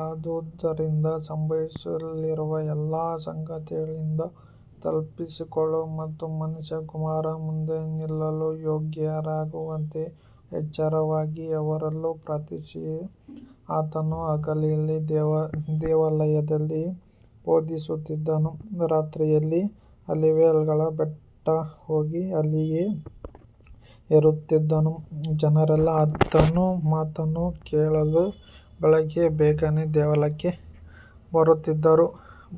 ಆದುದರಿಂದ ಸಂಭವಿಸಲಿರುವ ಈ ಎಲ್ಲ ಸಂಗತಿಗಳಿಂದ ತಪ್ಪಿಸಿಕೊಳ್ಳಲು ಮತ್ತು ಮನುಷ್ಯಕುಮಾರನ ಮುಂದೆ ನಿಲ್ಲಲು ಯೋಗ್ಯರಾಗುವಂತೆ ಎಚ್ಚರವಾಗಿದ್ದು ಯಾವಾಗಲೂ ಪ್ರಾರ್ಥಿಸಿರಿ. ಆತನು ಹಗಲಿನಲ್ಲಿ ದೇವಾಲಯದಲ್ಲಿ ಬೋಧಿಸುತ್ತಿದ್ದನು, ರಾತ್ರಿಯಲ್ಲಿ ಆಲಿವ್‌ಗಳ ಬೆಟ್ಟಕ್ಕೆ ಹೋಗಿ ಅಲ್ಲಿಯೇ ಇರುತ್ತಿದ್ದನು. ಜನರೆಲ್ಲರೂ ಆತನ ಮಾತನ್ನು ಕೇಳಲು ಬೆಳಿಗ್ಗೆ ಬೇಗನೆ ದೇವಾಲಯಕ್ಕೆ ಬರುತ್ತಿದ್ದರು.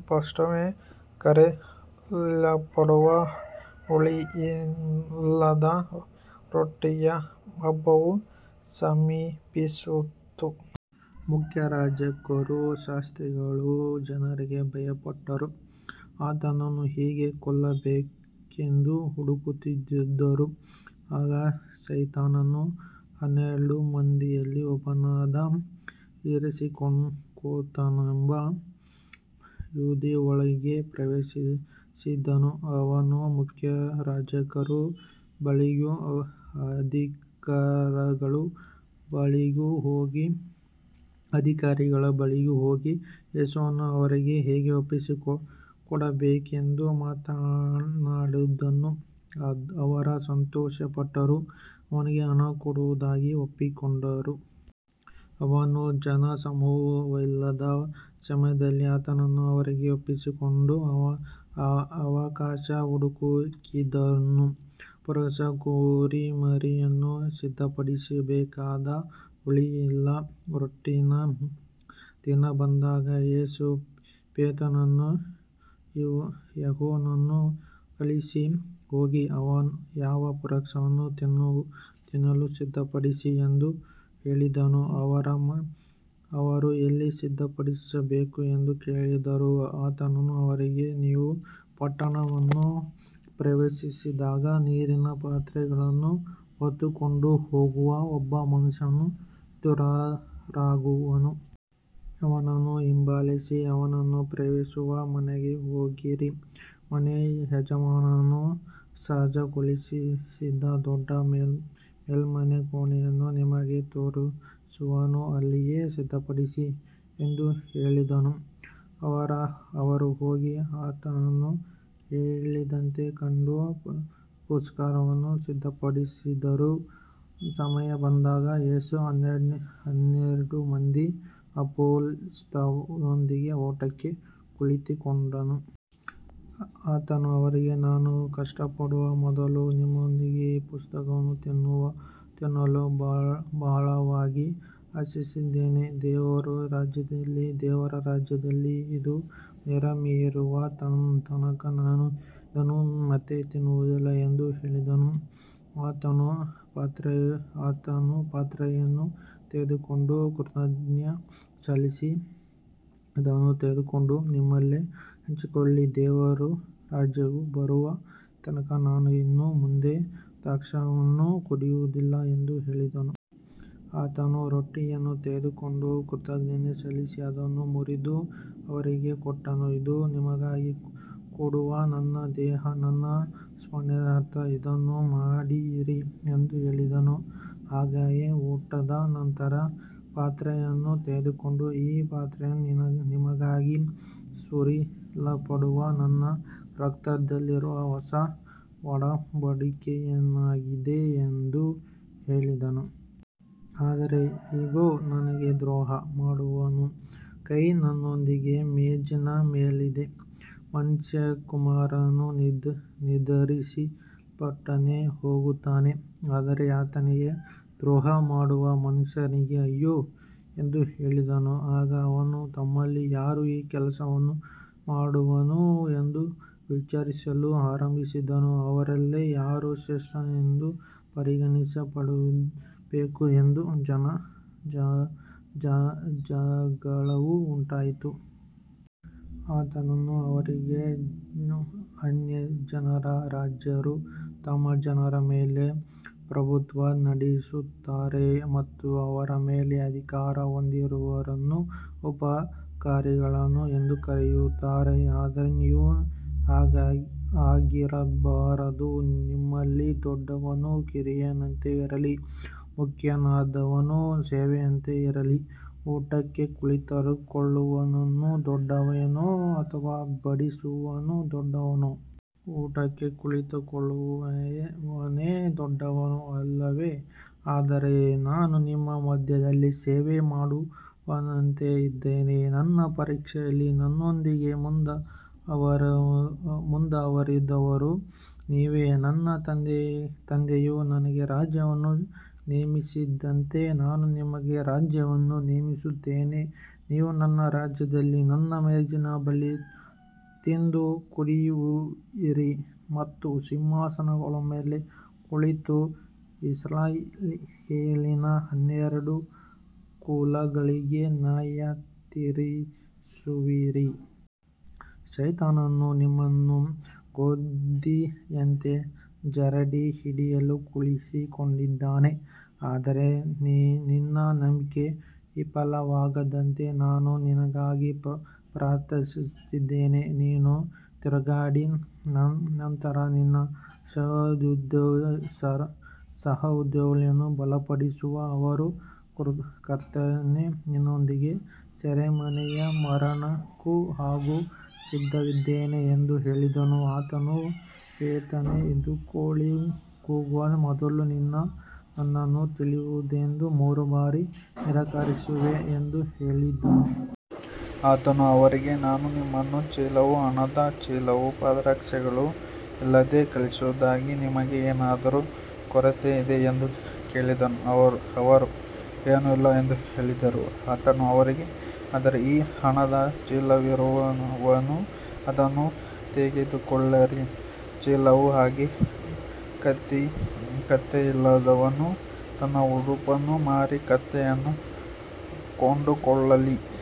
ಪಸ್ಕವೆಂದು ಕರೆಯಲ್ಪಡುವ ಹುಳಿಯಿಲ್ಲದ ರೊಟ್ಟಿಯ ಹಬ್ಬವು ಸಮೀಪಿಸಿತು. ಮುಖ್ಯಯಾಜಕರೂ ಶಾಸ್ತ್ರಿಗಳೂ ಜನರಿಗೆ ಭಯಪಟ್ಟರೂ ಆತನನ್ನು ಹೇಗೆ ಕೊಲ್ಲಬೇಕೆಂದು ಹುಡುಕುತ್ತಿದ್ದರು. ಆಗ ಸೈತಾನನು ಹನ್ನೆರಡು ಮಂದಿಯಲ್ಲಿ ಒಬ್ಬನಾದ ಇಸ್ಕರಿಯೋತನೆಂಬ ಯೂದನೊಳಗೆ ಪ್ರವೇಶಿಸಿದನು. ಅವನು ಮುಖ್ಯಯಾಜಕರ ಬಳಿಗೂ ಅಧಿಕಾರಿಗಳ ಬಳಿಗೂ ಹೋಗಿ, ಯೇಸುವನ್ನು ಅವರಿಗೆ ಹೇಗೆ ಒಪ್ಪಿಸಿಕೊಡಬಹುದೆಂದು ಮಾತಾಡಿದನು. ಅವರು ಸಂತೋಷಪಟ್ಟು ಅವನಿಗೆ ಹಣ ಕೊಡುವುದಾಗಿ ಒಪ್ಪಿಕೊಂಡರು. ಅವನು ಜನಸಮೂಹವಿಲ್ಲದ ಸಮಯದಲ್ಲಿ ಆತನನ್ನು ಅವರಿಗೆ ಒಪ್ಪಿಸಿಕೊಡಲು ಅವಕಾಶ ಹುಡುಕಿದನು. ಪಸ್ಕದ ಕುರಿಮರಿಯನ್ನು ಸಿದ್ಧಪಡಿಸಬೇಕಾದ ಹುಳಿಯಿಲ್ಲದ ರೊಟ್ಟಿಯ ದಿನ ಬಂದಾಗ, ಯೇಸು ಪೇತ್ರನನ್ನೂ ಯೋಹಾನನನ್ನೂ ಕಳುಹಿಸಿ, ಹೋಗಿ ನಾವು ಪಸ್ಕವನ್ನು ತಿನ್ನಲು ಸಿದ್ಧಪಡಿಸಿರಿ ಎಂದು ಹೇಳಿದನು. ಅವರು, ಎಲ್ಲಿ ಸಿದ್ಧಪಡಿಸಬೇಕು ಎಂದು ಕೇಳಿದರು. ಆತನು ಅವರಿಗೆ, ನೀವು ಪಟ್ಟಣವನ್ನು ಪ್ರವೇಶಿಸಿದಾಗ ನೀರಿನ ಪಾತ್ರೆಯನ್ನು ಹೊತ್ತುಕೊಂಡು ಹೋಗುವ ಒಬ್ಬ ಮನುಷ್ಯನು ಎದುರಾಗುವನು. ಅವನನ್ನು ಹಿಂಬಾಲಿಸಿ ಅವನು ಪ್ರವೇಶಿಸುವ ಮನೆಗೆ ಹೋಗಿರಿ. ಮನೆಯ ಯಜಮಾನನು ಸಜ್ಜುಗೊಳಿಸಿದ ದೊಡ್ಡ ಮೇಲ್ಮನೆಯ ಕೋಣೆಯನ್ನು ನಿಮಗೆ ತೋರಿಸುವನು. ಅಲ್ಲಿಯೇ ಸಿದ್ಧಪಡಿಸಿರಿ ಎಂದು ಹೇಳಿದನು. ಅವರು ಹೋಗಿ ಆತನು ಹೇಳಿದಂತೆಯೇ ಕಂಡು ಪಸ್ಕವನ್ನು ಸಿದ್ಧಪಡಿಸಿದರು. ಸಮಯ ಬಂದಾಗ ಯೇಸು ಹನ್ನೆರಡು ಮಂದಿ ಅಪೊಸ್ತಲರೊಂದಿಗೆ ಊಟಕ್ಕೆ ಕುಳಿತುಕೊಂಡನು. ಆತನು ಅವರಿಗೆ, ನಾನು ಕಷ್ಟಪಡುವ ಮೊದಲು ನಿಮ್ಮೊಂದಿಗೆ ಈ ಪಸ್ಕವನ್ನು ತಿನ್ನಲು ಬಹಳವಾಗಿ ಆಶಿಸಿದ್ದೆನು. ದೇವರ ರಾಜ್ಯದಲ್ಲಿ ಇದು ನೆರವೇರುವ ತನಕ ನಾನು ಇದನ್ನು ಮತ್ತೆ ತಿನ್ನುವುದಿಲ್ಲ ಎಂದು ಹೇಳಿದನು. ಆತನು ಪಾತ್ರೆಯನ್ನು ತೆಗೆದುಕೊಂಡು ಕೃತಜ್ಞತೆ ಸಲ್ಲಿಸಿ, ಇದನ್ನು ತೆಗೆದುಕೊಂಡು ನಿಮ್ಮಲ್ಲಿ ಹಂಚಿಕೊಳ್ಳಿರಿ. ದೇವರ ರಾಜ್ಯವು ಬರುವ ತನಕ ನಾನು ಇನ್ನು ಮುಂದೆ ದ್ರಾಕ್ಷಾರಸವನ್ನು ಕುಡಿಯುವುದಿಲ್ಲ ಎಂದು ಹೇಳಿದನು. ಆತನು ರೊಟ್ಟಿಯನ್ನು ತೆಗೆದುಕೊಂಡು ಕೃತಜ್ಞತೆ ಸಲ್ಲಿಸಿ ಅದನ್ನು ಮುರಿದು ಅವರಿಗೆ ಕೊಟ್ಟು, ಇದು ನಿಮಗಾಗಿ ಕೊಡುವ ನನ್ನ ದೇಹ. ನನ್ನ ಸ್ಮರಣಾರ್ಥ ಇದನ್ನು ಮಾಡಿರಿ ಎಂದು ಹೇಳಿದನು. ಹಾಗೆಯೇ ಊಟದ ನಂತರ ಪಾತ್ರೆಯನ್ನು ತೆಗೆದುಕೊಂಡು, ಈ ಪಾತ್ರೆಯು ನಿಮಗಾಗಿ ಸುರಿಸಲ್ಪಡುವ ನನ್ನ ರಕ್ತದಲ್ಲಿರುವ ಹೊಸ ಒಡಂಬಡಿಕೆಯಾಗಿದೆ ಎಂದು ಹೇಳಿದನು. ಆದರೆ ಇಗೋ, ನನಗೆ ದ್ರೋಹ ಮಾಡುವವನ ಕೈ ನನ್ನೊಂದಿಗೆ ಮೇಜಿನ ಮೇಲಿದೆ. ಮನುಷ್ಯಕುಮಾರನು ನಿರ್ಧರಿಸಲ್ಪಟ್ಟಂತೆ ಹೋಗುತ್ತಾನೆ, ಆದರೆ ಆತನಿಗೆ ದ್ರೋಹ ಮಾಡುವ ಮನುಷ್ಯನಿಗೆ ಅಯ್ಯೋ ಎಂದು ಹೇಳಿದನು. ಆಗ ಅವರು ತಮ್ಮಲ್ಲಿ ಯಾರು ಈ ಕೆಲಸವನ್ನು ಮಾಡುವನು ಎಂದು ವಿಚಾರಿಸಲು ಆರಂಭಿಸಿದರು. ಅವರಲ್ಲಿ ಯಾರು ಶ್ರೇಷ್ಠರೆಂದು ಪರಿಗಣಿಸಲ್ಪಡಬೇಕು ಎಂಬ ಜಗಳವೂ ಉಂಟಾಯಿತು. ಆತನು ಅವರಿಗೆ, ಅನ್ಯಜನರ ರಾಜರು ತಮ್ಮ ಜನರ ಮೇಲೆ ಪ್ರಭುತ್ವ ನಡೆಸುತ್ತಾರೆ ಮತ್ತು ಅವರ ಮೇಲೆ ಅಧಿಕಾರ ಹೊಂದಿರುವವರನ್ನು ಉಪಕಾರಿಗಳು ಎಂದು ಕರೆಯುತ್ತಾರೆ. ಆದರೆ ನೀವು ಹಾಗಿರಬಾರದು. ನಿಮ್ಮಲ್ಲಿ ದೊಡ್ಡವನು ಕಿರಿಯನಂತೆ ಇರಲಿ, ಮುಖ್ಯನಾದವನು ಸೇವಕನಂತೆ ಇರಲಿ. ಊಟಕ್ಕೆ ಕುಳಿತುಕೊಳ್ಳುವವನು ದೊಡ್ಡವನೋ ಅಥವಾ ಬಡಿಸುವವನು ದೊಡ್ಡವನೋ. ಊಟಕ್ಕೆ ಕುಳಿತುಕೊಳ್ಳುವವನೇ ದೊಡ್ಡವನು, ಅಲ್ಲವೇ. ಆದರೆ ನಾನು ನಿಮ್ಮ ಮಧ್ಯದಲ್ಲಿ ಸೇವೆ ಮಾಡುವವನಂತೆ ಇದ್ದೇನೆ. ನನ್ನ ಪರೀಕ್ಷೆಗಳಲ್ಲಿ ನನ್ನೊಂದಿಗೆ ಮುಂದುವರಿದವರು ನೀವೇ. ನನ್ನ ತಂದೆಯು ನನಗೆ ರಾಜ್ಯವನ್ನು ನೇಮಿಸಿದಂತೆ, ನಾನು ನಿಮಗೆ ರಾಜ್ಯವನ್ನು ನೇಮಿಸುತ್ತೇನೆ. ನೀವು ನನ್ನ ರಾಜ್ಯದಲ್ಲಿ ನನ್ನ ಮೇಜಿನ ಬಳಿ ತಿಂದು ಕುಡಿಯುವಿರಿ ಮತ್ತು ಸಿಂಹಾಸನಗಳ ಮೇಲೆ ಕುಳಿತು ಇಸ್ರಾಯೇಲಿನ ಹನ್ನೆರಡು ಕುಲಗಳಿಗೆ ನ್ಯಾಯತೀರಿಸುವಿರಿ. ಸೈತಾನನು ನಿಮ್ಮನ್ನು ಗೋಧಿಯಂತೆ ಜರಡಿ ಹಿಡಿಯಲು ಕೇಳಿಕೊಂಡಿದ್ದಾನೆ. ಆದರೆ ನಿನ್ನ ನಂಬಿಕೆ ವಿಫಲವಾಗದಂತೆ ನಾನು ನಿನಗಾಗಿ ಪ್ರಾರ್ಥಿಸಿದ್ದೇನೆ. ನೀನು ತಿರುಗಿಕೊಂಡ ನಂತರ ನಿನ್ನ ಸಹೋದರರನ್ನು ಬಲಪಡಿಸು. ಅವನು, ಕರ್ತನೇ, ನಿನ್ನೊಂದಿಗೆ ಸೆರೆಮನೆಗೂ ಮರಣಕ್ಕೂ ಹೋಗಲು ಸಿದ್ಧನಿದ್ದೇನೆ ಎಂದು ಹೇಳಿದನು. ಆತನು, ಪೇತ್ರನೇ, ಇಂದು ಕೋಳಿ ಕೂಗುವ ಮೊದಲು ನೀನು ನನ್ನನ್ನು ತಿಳಿಯುವುದಿಲ್ಲವೆಂದು ಮೂರು ಬಾರಿ ನಿರಾಕರಿಸುವೆ ಎಂದು ಹೇಳಿದನು. ಆತನು ಅವರಿಗೆ, ನಾನು ನಿಮ್ಮನ್ನು ಚೀಲವೂ ಹಣದ ಚೀಲವೂ ಪಾದರಕ್ಷೆಗಳೂ ಇಲ್ಲದೆ ಕಳುಹಿಸಿದಾಗ ನಿಮಗೆ ಏನಾದರೂ ಕೊರತೆಯಿತ್ತೇ ಎಂದು ಕೇಳಿದನು. ಅವರು, ಏನೂ ಇಲ್ಲ ಎಂದು ಹೇಳಿದರು. ಆತನು ಅವರಿಗೆ, ಆದರೆ ಈಗ ಹಣದ ಚೀಲವಿರುವವನು ಅದನ್ನು ತೆಗೆದುಕೊಳ್ಳಲಿ, ಚೀಲವೂ ಹಾಗೆಯೇ. ಕತ್ತಿಯಿಲ್ಲದವನು ತನ್ನ ಉಡುಪನ್ನು ಮಾರಿ ಕತ್ತಿಯನ್ನು ಕೊಂಡುಕೊಳ್ಳಲಿ.